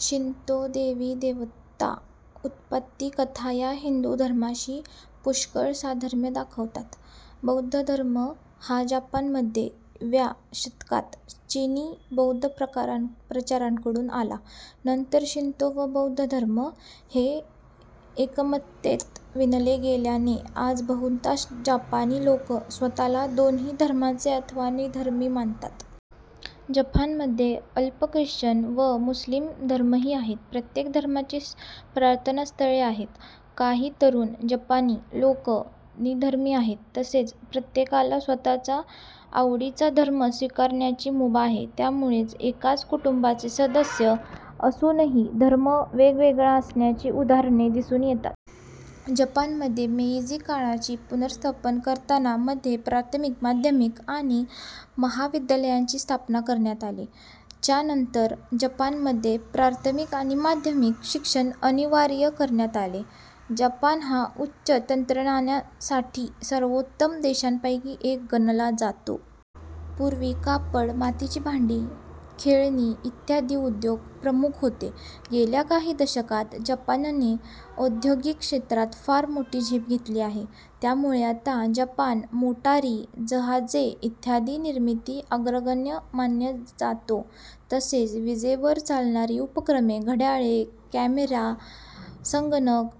Shinto देवी देवता, उत्पत्ति कथा ह्या हिंदू धर्माशी पुष्कळ साधर्म्य दाखवतात. बौद्ध धर्म हा जपान मध्ये व्या शतकात चीनी बौद्ध प्रचारकांकडून आला. नंतर शिंतो व बौद्ध धर्म हे एकमतेत विणले गेल्याने आज बहुतांश जपानी लोक स्वतःला दोन्ही धर्मांचे अथवा निधर्मी मानतात. जपानमध्ये अल्प ख्रिश्चन व मुस्लिम धर्मीयही आहेत. प्रत्येक धर्माची प्रार्थनास्थळे आहेत. काही तरुण जपानी लोक निधर्मी आहेत तसेच प्रत्येकाला स्वतःच्या आवडीचा धर्म स्वीकारण्याची मुभा आहे. त्यामुळे एकाच कुटुंबाचे सदस्य असूनही धर्म वेगवेगळा असण्याची उदाहरणे दिसून येतात. जपान मध्ये मेइजि काळाची पुनःस्थापन करताना मध्ये प्राथमिक, माध्यमिक आणि महाविद्यलयांची स्थापना करण्यात आली. च्या नंतर जपान मध्ये प्राथमिक आणि माध्यमिक शिक्षण अनिवार्य करण्यात आले. जपान हा उच्च तंत्रज्ञानासाठी सर्वोत्तम देशांपैकी एक गणला जातो। पूर्वी कापड, मातीची भांडी, खेळणी इत्यादी उद्योग प्रमुख होते. गेल्या काही दशकात जपानने औद्योगिक क्षेत्रात फार मोठी झेप घेतली आहे. त्यामुळे आता जपान मोटारी, जहाजे इत्यादी निर्मिती अग्रगण्य मानला जातो. तसेच विजेवर चालणारी उपक्रमे, घड्याळे, कॅमेरा, संगणक,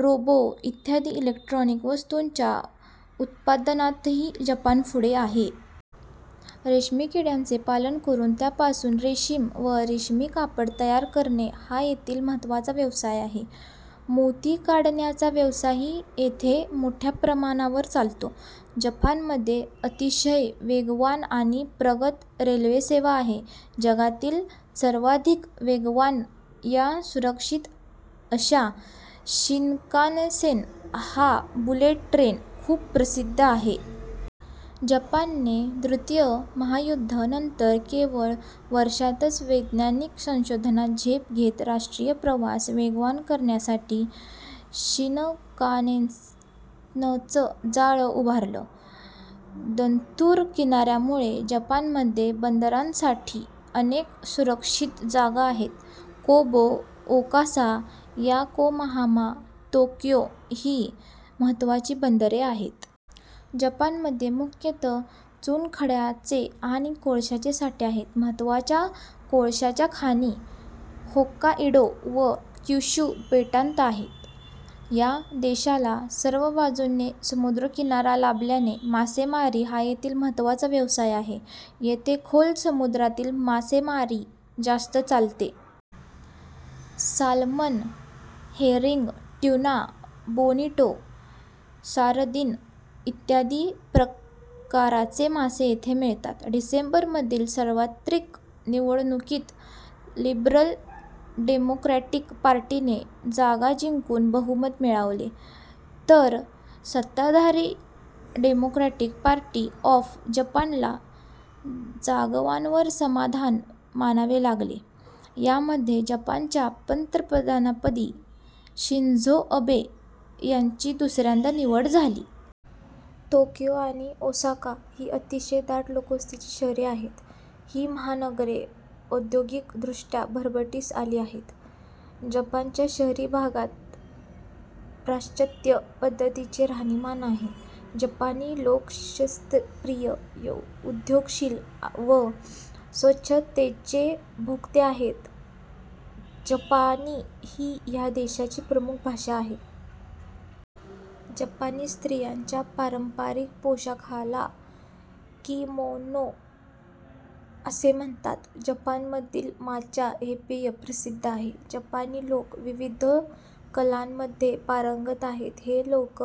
रोबो इत्यादी इलेक्ट्रोनिक वस्तूंच्या उत्पादनातही जपान पुढे आहे. रेशमी किड्यांचे पालन करून त्यापासून रेशीम व रेशमी कापड तयार करणे हा येथील महत्त्वाचा व्यवसाय आहे. मोती काढण्याचा व्यवसायही येथे मोठ्या प्रमाणावर चालतो. जपानमध्ये अतिशय वेगवान आणि प्रगत रेल्वेसेवा आहे. जगातील सर्वाधिक वेगवान या सुरक्षित अश्या शिनकानसेन ह्या बुलेट ट्रेन खूप प्रसिद्ध आहे. जपान ने द्रुतिय महायुद्धा नंतर केवळ वर्षातच वैज्ञानिक संशोधनात झेप घेत राष्ट्रीय प्रवास वेगवान करण्यासाठी, शिनकानसेनचं जाळं उभारलं. दंतुर किनाऱ्यामुळे जपानमध्ये बंदारांसाठी अनेक सुरक्षित जागा आहेत. कोबे, ओसाका, याकोहामा, तोकियो ही महत्त्वाची बंदरे आहेत. जपानमध्ये मुख्यतः चुनखड्यांचे आणि कोळशाचे साठे आहेत. महत्त्वाच्या कोळशाच्या खाणी होक्काइडो व क्युशु बेटांत आहेत. या देशाला सर्व बाजूनी समुद्रकिनारा लाभल्याने मासेमारी हा येथील महत्त्वाचा व्यवसाय आहे. येथे खोल समुद्रातील मासेमारी जास्त चालते. Salmon, herring, tuna, bonito, sardine इत्यादी प्रकारचे मासे येथे मिळतात. डिसेंबर मधील सार्वत्रिक निवडणुकीत लिबरल डेमोक्रॅटिक पार्टीने जागा जिंकून बहुमत मिळविले; तर सत्ताधारी डेमोक्रॅटिक पार्टी ऑफ जपानला जागांवर समाधान मानावे लागले. यामध्ये जपानच्या पंतप्रधानपदी शिंझो अबे यांची दुसऱ्यांदा निवड झाली. तोक्यो आणि ओसाका ही अतिशय दाट लोकवस्तीची शहरे आहेत. ही महानगरे औद्योगिक दृष्ट्या भरभराटीस आली आहेत. जपानच्या शहरी भागात पाश्चात्य पद्धतीचे राहणीमान आहे. जपानी लोक शिस्तप्रिय, उद्योगशील व स्वच्छतेचे भोक्ते आहेत. जपानी ही या देशाची प्रमुख भाषा आहे. जपानी स्त्रियांच्या पारंपारिक पोशाखाला किमोनो असे म्हणतात. जपानमधील माचा हे पेय प्रसिद्ध आहे. जपानी लोक विविध कलांमध्ये पारंगत आहेत. हे लोक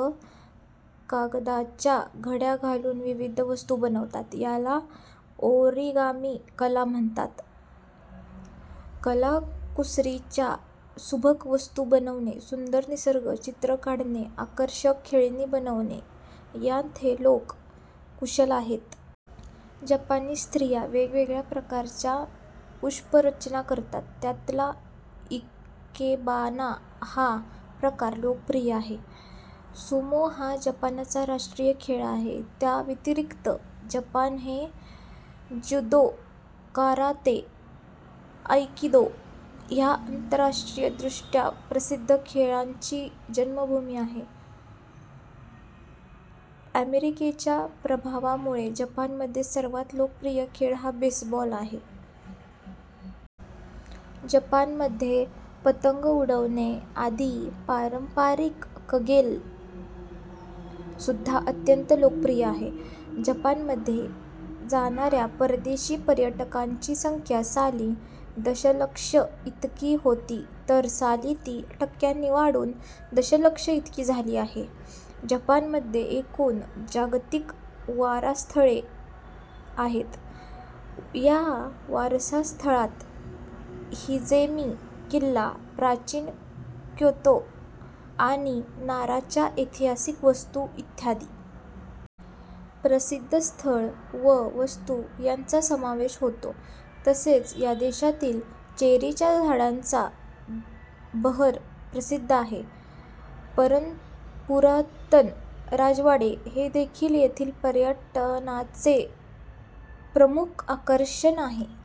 कागदाच्या घड्या घालून विविध वस्तू बनवतात. याला ओरिगामी कला म्हणतात. कलाकुसरीच्या सुबक वस्तू बनवणे, सुंदर निसर्ग चित्र काढणे, आकर्षक खेळणी बनवणे यांत हे लोक कुशल आहेत. जपानी स्त्रिया वेगवेगळ्या प्रकारच्या पुष्परचना करतात. त्यातला इकेबाना हा प्रकार लोकप्रिय आहे. सुमो हा जपानचा राष्ट्रीय खेळ आहे. त्या व्यतिरिक्त जपान हे ज्यूदो, काराते, आइकिदो ह्या आंतरराष्ट्रीय दृष्ट्या प्रसिद्ध खेळांची जन्मभूमी आहे. अमेरिकेच्या प्रभावामुळे जपान मध्ये सर्वात लोकप्रिय खेळ हा बेसबॉल आहे. जपानमध्ये पतंग उडवणे आदि पारंपरिक कगेल सुद्धा अत्यंत लोकप्रिय आहेत. जपानमध्ये जाणाऱ्या परदेशी पर्यटकांची संख्या साली दशलक्ष इतकी होती तर साली ती टक्क्यांनी वाढून दशलक्ष इतकी झाली आहे. जपानमध्ये एकूण जागतिक वारसास्थळे आहेत, या वारसास्थळात हिमेजी किल्ला, प्राचीन क्योतो आणि नाराच्या ऐतिहासिक वास्तू इत्यादी. प्रसिद्ध स्थळ व वास्तू यांचा समावेश होतो. तसेच या देशातील चेरीच्या झाडांचा बहर प्रसिद्ध आहे. पुरातन राजवाडे हेदेखील येथील पर्यटनाचे प्रमुख आकर्षण आहे.